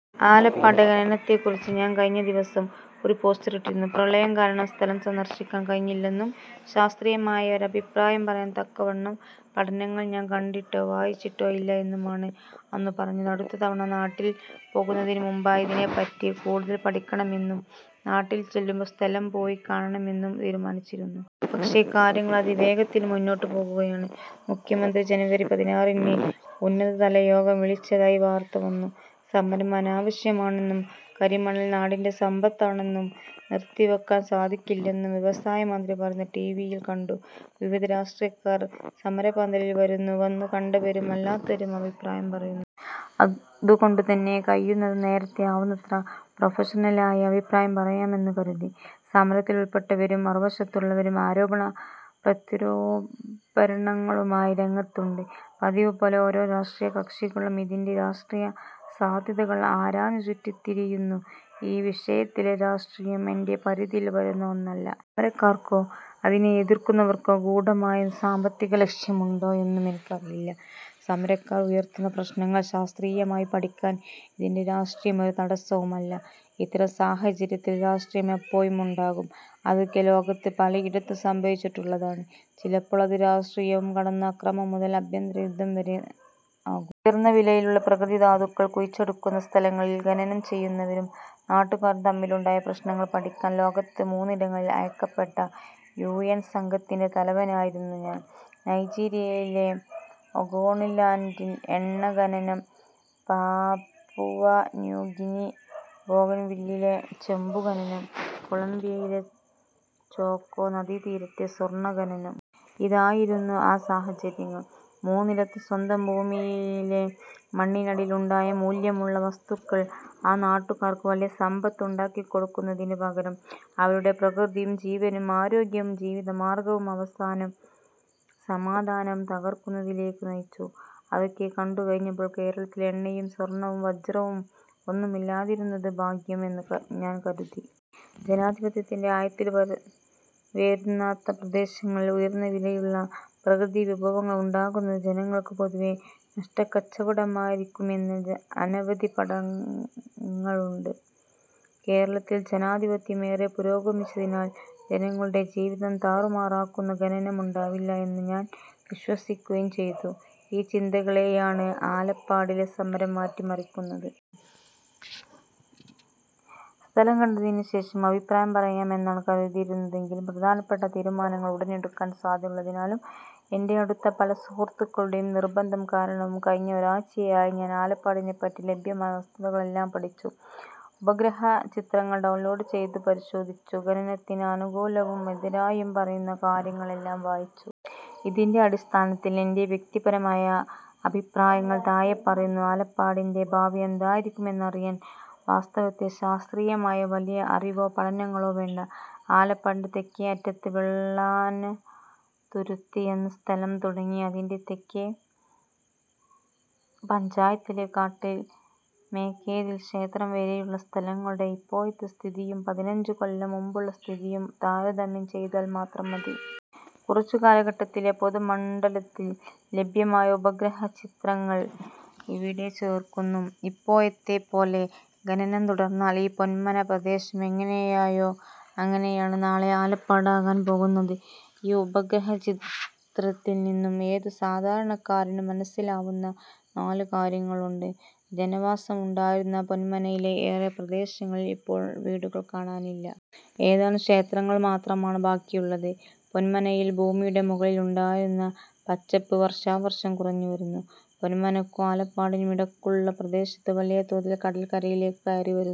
ആലപ്പാട്ടെ ഖനനത്തെക്കുറിച്ച് ഞാൻ കഴിഞ്ഞ ദിവസം ഒരു പോസ്റ്റിട്ടിരുന്നു. പ്രളയം കാരണം സ്ഥലം സന്ദർശിക്കാൻ കഴിഞ്ഞില്ലെന്നും ശാസ്ത്രീയമായ ഒരഭിപ്രായം പറയാൻ തക്കവണ്ണം പഠനങ്ങൾ ഞാൻ കണ്ടിട്ടോ വായിച്ചിട്ടോ ഇല്ല എന്നുമാണ് അന്നു പറഞ്ഞത്. അടുത്ത തവണ നാട്ടിൽ പോകുന്നതിനു മുമ്പായി ഇതിനെപ്പറ്റി കൂടുതൽ പഠിക്കണമെന്നും നാട്ടിൽ ചെല്ലുമ്പോൾ സ്ഥലം പോയിക്കാണണമെന്നും തീരുമാനിച്ചിരുന്നു. പക്ഷെ, കാര്യങ്ങൾ അതിവേഗത്തിൽ മുന്നോട്ടു പോകുകയാണ്. മുഖ്യമന്ത്രി ജനുവരി പതിനാറിന് ഉന്നതതലയോഗം വിളിച്ചതായി വാർത്ത വന്നു. സമരം അനാവശ്യമാണെന്നും, കരിമണൽ നാടിന്റെ സമ്പത്താണെന്നും, നിർത്തിവെക്കാൻ സാധിക്കില്ലെന്നും വ്യവസായമന്ത്രി പറയുന്നത് ടി വി യിൽ കണ്ടു. വിവിധ രാഷ്ട്രീയക്കാർ സമരപ്പന്തലിൽ വരുന്നു. വന്നു കണ്ടവരും അല്ലാത്തവരും അഭിപ്രായം പറയുന്നു. അതുകൊണ്ടു തന്നെ കഴിയുന്നതും നേരത്തെ ആവുന്നത്ര പ്രൊഫഷണൽ ആയി അഭിപ്രായം പറയാമെന്ന് കരുതി. സമരത്തിൽ ഉൾപ്പെട്ടവരും മറുവശത്തുള്ളവരും ആരോപണ പ്രത്യാരോപണങ്ങളുമായി രംഗത്ത് ഉണ്ട്. പതിവ് പോലെ ഓരോ രാഷ്ട്രീയ കക്ഷികളും ഇതിന്റെ രാഷ്ട്രീയ സാധ്യതകൾ ആരാഞ്ഞു ചുറ്റിത്തിരിയുന്നു. ഈ വിഷയത്തിലെ രാഷ്ട്രീയം എന്റെ പരിധിയിൽ വരുന്ന ഒന്നല്ല. സമരക്കാർക്കോ അതിനെ എതിർക്കുന്നവർക്കോ ഗൂഢമായ സാമ്പത്തിക ലക്ഷ്യമുണ്ടോ എന്നും എനിക്കറിയില്ല. സമരക്കാർ ഉയർത്തുന്ന പ്രശ്നങ്ങൾ ശാസ്ത്രീയമായി പഠിക്കാൻ ഇതിന്റെ രാഷ്ട്രീയം ഒരു തടസവും അല്ല. ഇത്തരം സാഹചര്യത്തിൽ രാഷ്ട്രീയം എപ്പോഴും ഉണ്ടാകും. അതൊക്കെ ലോകത്ത് പലയിടത്തും സംഭവിച്ചിട്ടുള്ളതാണ്. ചിലപ്പോൾ അത് രാഷ്ട്രീയവും കടന്ന് അക്രമം മുതൽ ആഭ്യന്തര യുദ്ധം വരെ ആകും. ഉയർന്ന വിലയുള്ള പ്രകൃതി ധാതുക്കൾ കുഴിച്ചെടുക്കുന്ന സ്ഥലങ്ങളിൽ ഖനനം ചെയ്യുന്നവരും നാട്ടുകാരും തമ്മിലുണ്ടായ പ്രശ്നങ്ങൾ പഠിക്കാൻ ലോകത്ത് മൂന്നിടങ്ങളിൽ അയക്കപ്പെട്ട യു എൻ സംഘത്തിന്റെ തലവനായിരുന്നു ഞാൻ. നൈജീരിയയിലെ ഒഗോണിലാൻഡിൽ എണ്ണ ഖനനം, പാപുവ ന്യൂ ഗിനി ബോഗൺവില്ലിലെ ചെമ്പു ഖനനം, കൊളംബിയയിലെ ചോക്കോ നദീതീരത്തെ സ്വർണ്ണ ഖനനം. ഇതായിരുന്നു ആ സാഹചര്യങ്ങൾ. മൂന്നിടത്തും സ്വന്തം ഭൂമിയിലെ മണ്ണിനടിയിലുണ്ടായ മൂല്യമുള്ള വസ്തുക്കൾ ആ നാട്ടുകാർക്ക് വലിയ സമ്പത്ത് ഉണ്ടാക്കിക്കൊടുക്കുന്നതിന് പകരം അവരുടെ പ്രകൃതിയും ജീവനും ആരോഗ്യവും ജീവിതമാർഗ്ഗവും അവസാനം സമാധാനവും തകർക്കുന്നതിലേക്ക് നയിച്ചു. അതൊക്കെ കണ്ടു കഴിഞ്ഞപ്പോൾ കേരളത്തിൽ എണ്ണയും സ്വർണ്ണവും വജ്രവും ഒന്നും ഇല്ലാതിരുന്നത് ഭാഗ്യം എന്ന് ഞാൻ കരുതി. ജനാധിപത്യം ആഴത്തിൽ വേരൂന്നാത്ത പ്രദേശങ്ങളിൽ ഉയർന്ന വിലയുള്ള പ്രകൃതി വിഭവങ്ങൾ ഉണ്ടാകുന്നത് ജനങ്ങൾക്ക് പൊതുവെ നഷ്ടക്കച്ചവടമായിരിക്കുമെന്ന് അനവധി പഠനങ്ങളുണ്ട്. കേരളത്തിൽ ജനാധിപത്യം ഏറെ പുരോഗമിച്ചതിനാൽ ജനങ്ങളുടെ ജീവിതം താറുമാറാക്കുന്ന ഖനനം ഉണ്ടാവില്ല എന്ന് ഞാൻ വിശ്വസിക്കുകയും ചെയ്തു. ഈ ചിന്തകളെയാണ് ആലപ്പാടിലെ സമരം മാറ്റി മറിക്കുന്നത്. സ്ഥലം കണ്ടതിന് ശേഷം അഭിപ്രായം പറയാമെന്നാണ് കരുതിയിരുന്നതെങ്കിലും പ്രധാനപ്പെട്ട തീരുമാനങ്ങൾ ഉടൻ എടുക്കാൻ സാധ്യത ഉള്ളതിനാലും, എന്റെ അടുത്ത പല സുഹൃത്തുക്കളുടെയും നിർബന്ധം കാരണവും കഴിഞ്ഞ ഒരാഴ്ചയായി ഞാൻ ആലപ്പാടിനെപ്പറ്റി ലഭ്യമായ വസ്തുതകളെല്ലാം പഠിച്ചു. ഉപഗ്രഹ ചിത്രങ്ങൾ ഡൗൺലോഡ് ചെയ്ത് പരിശോധിച്ചു. ഖനനത്തിന് അനുകൂലവും എതിരായും പറയുന്ന കാര്യങ്ങൾ എല്ലാം വായിച്ചു. ഇതിന്റെ അടിസ്ഥാനത്തിൽ എന്റെ വ്യക്തിപരമായ അഭിപ്രായങ്ങൾ താഴെ പറയുന്നു. ആലപ്പാടിന്റെ ഭാവി എന്തായിരിക്കുമെന്നറിയാൻ വാസ്തവത്തിൽ ശാസ്ത്രീയമായ വലിയ അറിവോ പഠനങ്ങളോ വേണ്ട. ആലപ്പാടിന്റെ തെക്കേ അറ്റത്ത് വെള്ളനാതുരുത്ത് എന്ന സ്ഥലം തുടങ്ങി അതിന്റെ തെക്കേ പഞ്ചായത്തിലെ കാട്ടിൽ മേക്കേതിൽ ക്ഷേത്രം വരെയുള്ള സ്ഥലങ്ങളുടെ ഇപ്പോഴത്തെ സ്ഥിതിയും പതിനഞ്ചു കൊല്ലം മുമ്പുള്ള സ്ഥിതിയും താരതമ്യം ചെയ്താൽ മാത്രം മതി. കുറച്ചു കാലഘട്ടത്തിലെ പൊതുമണ്ഡലത്തിൽ ലഭ്യമായ ഉപഗ്രഹ ചിത്രങ്ങൾ ഇവിടെ ചേർക്കുന്നു. ഇപ്പോഴത്തെ പോലെ ഖനനം തുടർന്നാൽ ഈ പൊന്മന പ്രദേശം എങ്ങനെയായോ അങ്ങനെയാണ് നാളെ ആലപ്പാട് ആകാൻ പോകുന്നത്. ഈ ഉപഗ്രഹ ചിത്രത്തിൽ നിന്നും ഏതു സാധാരണക്കാരനും മനസ്സിലാവുന്ന നാല് കാര്യങ്ങൾ ഉണ്ട്. ജനവാസമുണ്ടായിരുന്ന പൊന്മനയിലെ ഏറെ പ്രദേശങ്ങളിൽ ഇപ്പോൾ വീടുകൾ കാണാനില്ല. ഏതാനും ക്ഷേത്രങ്ങൾ മാത്രമാണ് ബാക്കിയുളളത്. പൊന്മനയിൽ ഭൂമിയുടെ മുകളിൽ ഉണ്ടായിരുന്ന പച്ചപ്പ് വർഷാവർഷം കുറഞ്ഞുവരുന്നു. പൊന്മനക്കും ആലപ്പാടിനും ഇടക്കുള്ള പ്രദേശത്ത് വലിയ തോതിൽ കടൽ കരയിലേക്ക് കയറി വരുന്നു.